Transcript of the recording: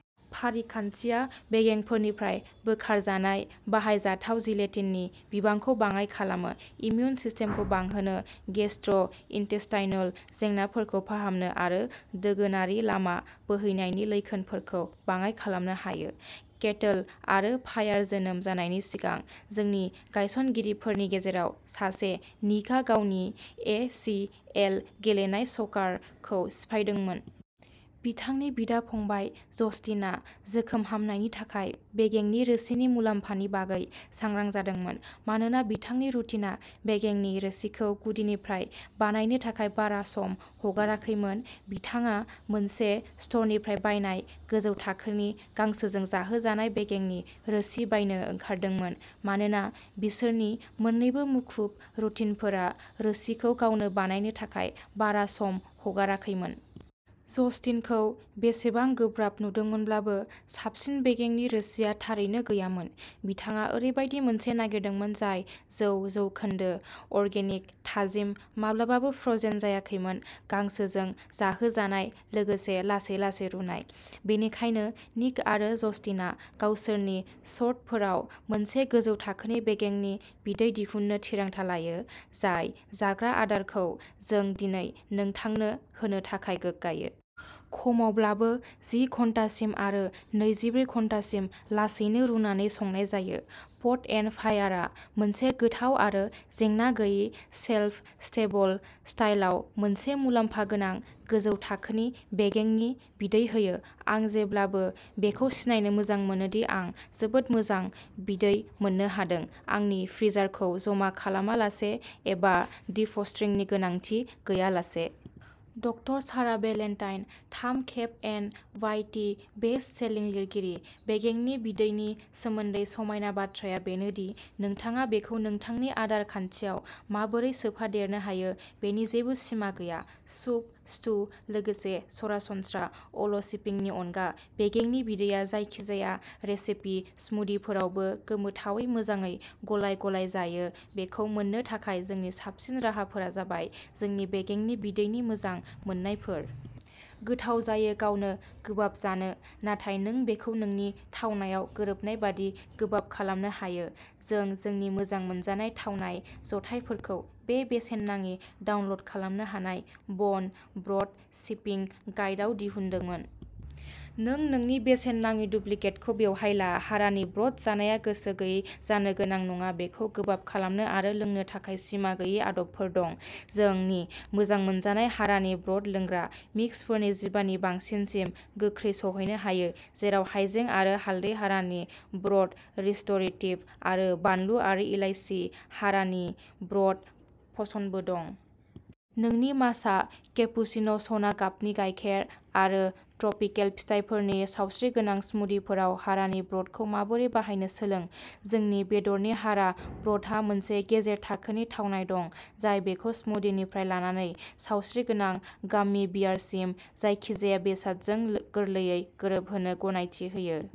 फारिखान्थिया बेगेंफोरनिफ्राय बोखारजानाय बाहायजाथाव जिलेटिननि बिबांखौ बाङाइ खालामो, इम्युन सिस्टेमखौ बांहोनो, गेस्ट्र'इन्टेस्टाइनल जेंनाफोरखौ फाहामनो आरो दोगोनारि लामा बोहैनायनि लैखोनफोरखौ बाङाइ खालामनो हायो। केटोल आरो फायार जोनोम जानायनि सिगां, जोंनि गायसनगिरिफोरनि गेजेराव सासे, निकआ गावनि ए सि एल गेलेनाय स'कारखौ सिफायदोंमोन। बिथांनि बिदा-फंबाय जस्टिनआ जोखोम हामनायनि थाखाय बेगेंनि रोसिनि मुलाम्फानि बागै सांग्रां जादोंमोन। मानोना बिथांनि रुटिनआ बेगेंनि रोसिखौ गुदिनिफ्राय बानायनो थाखाय बारा सम हगाराखैमोन, बिथाङा मोनसे स्ट'रनिफ्राय बायनाय, गोजौ थाखोनि, गांसोजों जाहोजानाय बेगेंनि रोसि बायनो ओंखारदोंमोन, मानोना बिसोरनि मोन्नैबो मुखुब रुटिनफोरा रोसिखौ गावनो बानायनो थाखाय बारा सम हगाराखैमोन।। जस्टिनखौ बेसेबां गोब्राब नुदोंमोनब्लाबो, साबसिन बेगेंनि रोसिआ थारैनो गैयामोन। बिथाङा ओरैबायदि मोनसे नागिरदोंमोन जाय जौ जौखोन्दो अर्गेनिक, थाजिम माब्लाबाबो फ्र'जेन जायाखैमोन गांसोजों जाहोजानाय, लोगोसे लासै-लासै रुनाय। बेनिखायनो, निक आरो जस्टिनआ गावसोरनि सर्तफोराव मोनसे गोजौ थाखोनि बेगेंनि बिदै दिहुननो थिरांथा लायो, जाय जाग्रा आदारखौ जों दिनै नोंथांनो होनो थाखाय गोग्गायो। खमावब्लाबो जि घन्टासिम आरो नैजिब्रै घन्टासिम लासैनो रुनानै संनाय जायो। पट एन्ड फायारआ मोनसे गोथाव आरो जेंना गैयै शेल्फ स्टेबल स्टाइलआव मोनसे मुलाम्फा गोनां, गोजौ थाखोनि बेगेंनि बिदै होयो। आं जेब्लाबो बेखौ सिनायनो मोजां मोनो दि आं जोबोद मोजां बिदै मोननो हादों, आंनि फ्रिजारखौ जमा खालामालासे एबा डिफ्रस्टिंनि गोनांथि गैयालासे। डकटर सारा बेलान्टाइन, थाम खेब N Y T best selling लिरगिरि। बेगेंनि बिदैनि सोमोन्दै समायना बाथ्राया बेनो दि नोंथाङा बेखौ नोंथांनि आदार खान्थियाव माबोरै सोफादेरनो हायो बेनि जेबो सिमा गैया। सुप, स्टु, लोगोसे सरासनस्रा अल'सिपिंनि अनगा, बेगेंनि बिदैया जायखिजाया रेसिपि स्मूदिफोरावबो गोमोथावै मोजाङै गलाय-गलाय जायो बेखौ मोन्नो थाखाय जोंनि साबसिन राहाफोरा जाबाय जोंनि बेगेंनि बिदैनि मोजां मोननायफोर। गोथाव जायो गावनो गोबाब जानो, नाथाय नों बेखौ नोंनि थावनायाव गोरोबनाय बादि गोबाब खालामनो हायो। जों जोंनि मोजां मोनजानाय थावनाय जथायफोरखौ बे बेसेन नाङै डाउनल'ड खालामनो हानाय बन ब्र'थ सिपिं गाइड आव दिहुनदोंमोन। नों नोंनि बेसेन नाङै डुप्लिकेटखौ बेवहाय ला। हारानि ब्र'थ जानाया गोसो गैयै जानो गोनां नङा बेखौ गोबाब खालामनो आरो लोंनो थाखाय सिमा गैयै आदबफोर दं। जोंनि मोजां मोनजानाय हारानि ब्र'थ लोंग्रा मिक्सफोरनि जिबा नि बांसिनसिम गोख्रै सौहैनो हायो, जेराव हायजें आरो हालदै हारानि ब्र'थ रिस्ट'रेटिभ आरो बानलु, आरो इलायसि हारानि ब्र'थ पशनबो दं। नोंनि माचा केपुसिन'स, सना गाबनि गायखेर, आरो ट्रपिकेल फिथाइफोरनि सावस्रिगोनां स्मूदिफोराव हारानि ब्र'थखौ माबोरै बाहायनो सोलों। जोंनि बेदरनि हारानि ब्र'थहा मोनसे गेजेर थाखोनि थावनाय दं, जाय बेखौ स्मूदिनिफ्राय लानानै सावस्रिगोनां गाममि बियारसिम जायखिजाया बेसादजों गोरलैयै गोरोबहोनो गनायथि होयो।